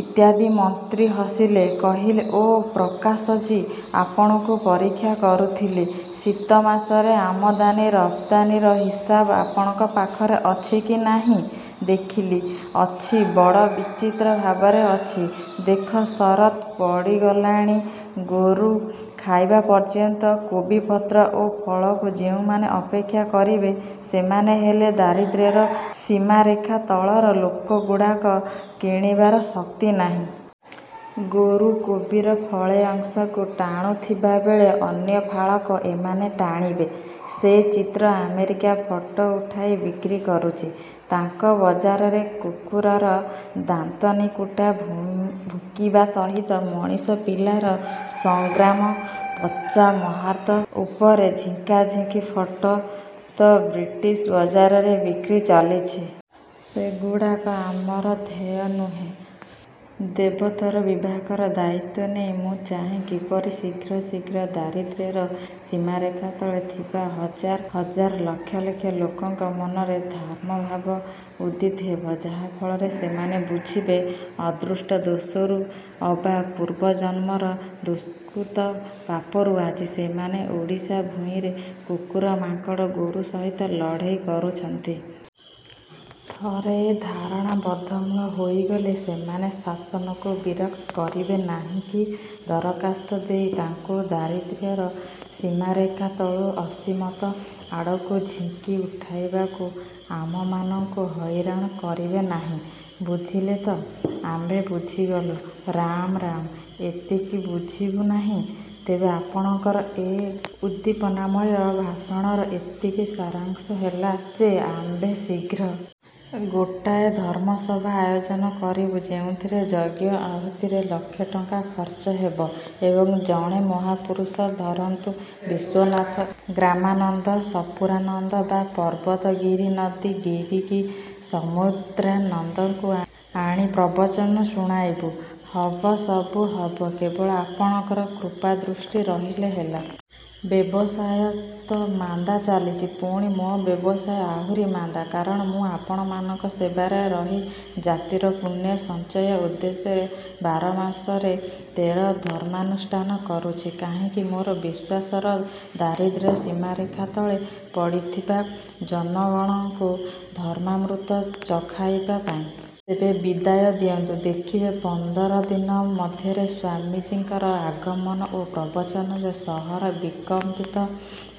ଇତ୍ୟାଦି ମନ୍ତ୍ରୀ ହସିଲେ-କହିଲେ ଓ ପ୍ରକାଶଜୀ ଆପଣଙ୍କୁ ପରୀକ୍ଷା କରୁଥିଲି.. - ଶୀତ ମାସରେ ଆମଦାନୀ ରପ୍ତାନୀର ହିସାବ ଆପଣଙ୍କ ପାଖରେ ଅଛି କି ନାହିଁ। ଦେଖିଲି, ଅଛି। ବଡ଼ ବିଚିତ୍ର ଭାବରେ ଅଛି। ଦେଖ ଶରତ୍ ପଡ଼ିଗଲାଣି, ଗୋରୁ ଖାଇବା ପର୍ଯ୍ୟନ୍ତ କୋବିପତ୍ର ଓ ଫଳକୁ ଯେଉଁମାନେ ଅପେକ୍ଷା କରିବେ, ସେମାନେ ହେଲେ ଦାରିଦ୍ର୍ୟର ସୀମାରେଖା ତଳର ଲୋକଗୁଡ଼ାକ, କିଣିବାର ଶକ୍ତି ନାହିଁ। ଗୋରୁ କୋବିର ଫଳେ ଅଂଶକୁ ଟାଣୁଥିବାବେଳେ ଅନ୍ୟ ଫାଳକ ଏମାନେ ଟାଣିବେ। ସେ ଚିତ୍ର ଆମେରିକା ଫଟୋ ଉଠାଇ ବିକ୍ରି କରୁଛି ତାଙ୍କ ବଜାରରେ। କୁକୁରର ଦାନ୍ତନିକୁଟା ଭୁକିବା ସହିତ ମଣିଷ ପିଲାର ସଂଗ୍ରାମ ପଚା ମହାର୍ଦ ଉପରେ ଝିଙ୍କାଝିଙ୍କି ଫଟୋ ତ ବ୍ରିଟିଶ ବଜାରରେ ବିକ୍ରି ଚାଲିଛି। ସେଗୁଡ଼ାକ ଆମର ଧ୍ୟେୟ ନୁହେଁ। ଦେବୋତ୍ତର ବିଭାଗର ଦାୟିତ୍ଵ ନେଇ ମୁଁ ଚାହେଁ କିପରି ଶୀଘ୍ର ଶୀଘ୍ର ଦାରିଦ୍ର୍ୟର ସୀମାରେଖା ତଳେ ଥିବା ହଜାର ହଜାର ଲକ୍ଷ ଲକ୍ଷ ଲୋକଙ୍କ ମନରେ ଧାର୍ମଭାବ ଉଦିତ ହେବ, ଯାହା ଫଳରେ ସେମାନେ ବୁଝିବେ ଅଦୃଷ୍ଟ ଦୋଷରୁ ଅବା ପୂର୍ବଜନ୍ମର ଦୁଷ୍କୃତ ପାପରୁ ଆଜି ସେମାନେ ଓଡ଼ିଶା ଭୂଇଁରେ କୁକୁର, ମାଙ୍କଡ଼, ଗୋରୁ ସହିତ ଲଢ଼େଇ କରୁଛନ୍ତି। ଥରେ ଏ ଧାରଣା ବଦ୍ଧମୂଳ ହୋଇଗଲେ, ସେମାନେ ଶାସନକୁ ବିରକ୍ତ କରିବେନାହିଁ କି ଦରଖାସ୍ତ ଦେଇ ତାଙ୍କୁ ଦାରିଦ୍ର୍ୟର ସୀମାରେଖା ତଳୁ ଅସୀମତ ଆଡ଼କୁ ଝିଙ୍କି ଉଠାଇବାକୁ ଆମମାନଙ୍କୁ ହଇରାଣ କରିବେନାହିଁ। ବୁଝିଲେ ତ? ଆମ୍ଭେ ବୁଝିଗଲୁ ରାମ୍ ରାମ୍ ଏତିକି ବୁଝିବୁନାହିଁ? ତେବେ ଆପଣଙ୍କର ଏ ଉଦ୍ଦୀପନାମୟ ଭାଷଣର ଏତିକି ସାରାଂଶ ହେଲା ଯେ ଆମ୍ଭେ ଶୀଘ୍ର। ଗୋଟାଏ ଧର୍ମସଭା ଆୟୋଜନ କରିବୁ ଯେଉଁଥିରେ ଯଜ୍ଞ ଆହୁତିରେ ଲକ୍ଷେ ଟଙ୍କା ଖର୍ଚ୍ଚ ହେବ ଏବଂ ଜଣେ ମହାପୁରୁଷ ଧରନ୍ତୁ ବିଶ୍ଵାନନ୍ଦ, ଗ୍ରାମାନନ୍ଦ, ସପୁରାନନ୍ଦ ବା ପର୍ବତ ଗିରି-ନଦୀ ଗିରି କି ସମୁଦ୍ରାନନ୍ଦଙ୍କୁ ଆଣି ପ୍ରବଚନ ଶୁଣାଇବୁ। ହବ, ସବୁ ହବ। କେବଳ ଆପଣଙ୍କର କୃପାଦୃଷ୍ଟି ରହିଲେ ହେଲା। ବ୍ୟବସାୟ ତ ମାନ୍ଦା ଚାଲିଛି, ପୁଣି ମୋ ବ୍ୟବସାୟ ଆହୁରି ମାନ୍ଦା। କାରଣ ମୁଁ ଆପଣମାନଙ୍କ ସେବାରେ ରହି ଜାତିର ପୁଣ୍ୟ ସଞ୍ଚୟ ଉଦ୍ଦେଶ୍ୟରେ ବାରମାସରେ ତେର ଧର୍ମାନୁଷ୍ଠାନ କରୁଛି। କାହିଁକି? ମୋର ବିଶ୍ଵାସର ଦାରିଦ୍ର୍ୟ ସୀମାରେଖା ତଳେ ପଡ଼ିଥିବା ଜନଗଣଙ୍କୁ ଧର୍ମାମୃତ ଚଖାଇବା ପାଇଁ। ତେବେ ବିଦାୟ ଦିଅନ୍ତୁ। ଦେଖିବେ ପନ୍ଦର ଦିନ ମଧ୍ୟରେ ସ୍ଵାମୀଜିଙ୍କର ଆଗମନ ଓ ପ୍ରବଚନରେ ସହର ବିକମ୍ପିତ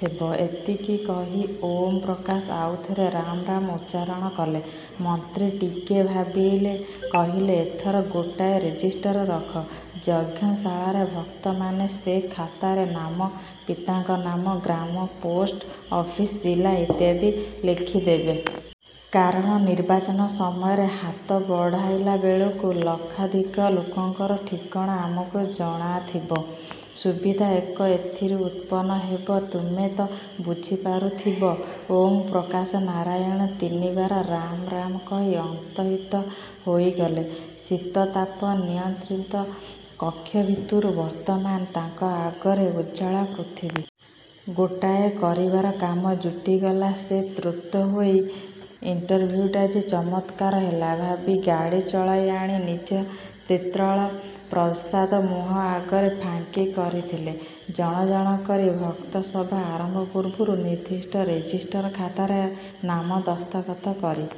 ହେବ। ଏତିକି କହି ଓମ ପ୍ରକାଶ ଆଉ ଥରେ ରାମ୍ ରାମ୍ ଉଚ୍ଚାରଣ କଲେ। ମନ୍ତ୍ରୀ ଟିକିଏ ଭାବିଲେ-କହିଲେ-ଏଥର ଗୋଟାଏ ରେଜିଷ୍ଟର ରଖ ଯଜ୍ଞଶାଳାରେ। ଭକ୍ତମାନେ ସେ ଖାତାରେ ନାମ, ପିତାଙ୍କ ନାମ, ଗ୍ରାମ, ପୋଷ୍ଟ ଅଫିସ, ଜିଲ୍ଲା ଇତ୍ୟାଦି ଲେଖିଦେବେ। କାରଣ ନିର୍ବାଚନ ସମୟରେ ହାତ ବଢ଼ାଇଲାବେଳକୁ ଲକ୍ଷାଧିକ ଲୋକଙ୍କର ଠିକଣା ଆମକୁ ଜଣାଥିବ। ସୁବିଧା କଣ ଏଥିରୁ ଉତ୍ପନ୍ନ ହେବ, ତୁମେ ତ ବୁଝିପାରୁଥିବ-। ଓଁ ପ୍ରକାଶ ନାରାୟଣ ତିନିବାର ରାମ୍ ରାମ୍ କହି ଅନ୍ତର୍ହିତ ହୋଇଗଲେ ଶୀତତାପ ନିୟନ୍ତ୍ରିତ କକ୍ଷ ଭିତରୁ ବର୍ତ୍ତମାନ ତାଙ୍କ ଆଗରେ ଉଜ୍ଜ୍ଵଳା ପୃଥିବୀ। ଗୋଟାଏ କରିବାର କାମ ଜୁଟିଗଲା। ସେ ତୃପ୍ତହୋଇ ଇଣ୍ଟରଭିଉଟା ଯେ ଚମତ୍କାର ହେଲା, ଭାବି ଗାଡ଼ି ଚଳାଇ ଆଣି ନିଜ ତ୍ରିତଳ ପ୍ରସାଦ ମୁହଁ ଆଗରେ ପାର୍କିଂ କରିଥିଲେ। ଜଣ ଜଣ କରି ଭକ୍ତ ସଭା ଆରମ୍ଭ ପୂର୍ବରୁ ନିର୍ଦ୍ଦିଷ୍ଟ ରେଜିଷ୍ଟ୍ରି ଖାତାରେ ନାମ ଦସ୍ତଖତ କରି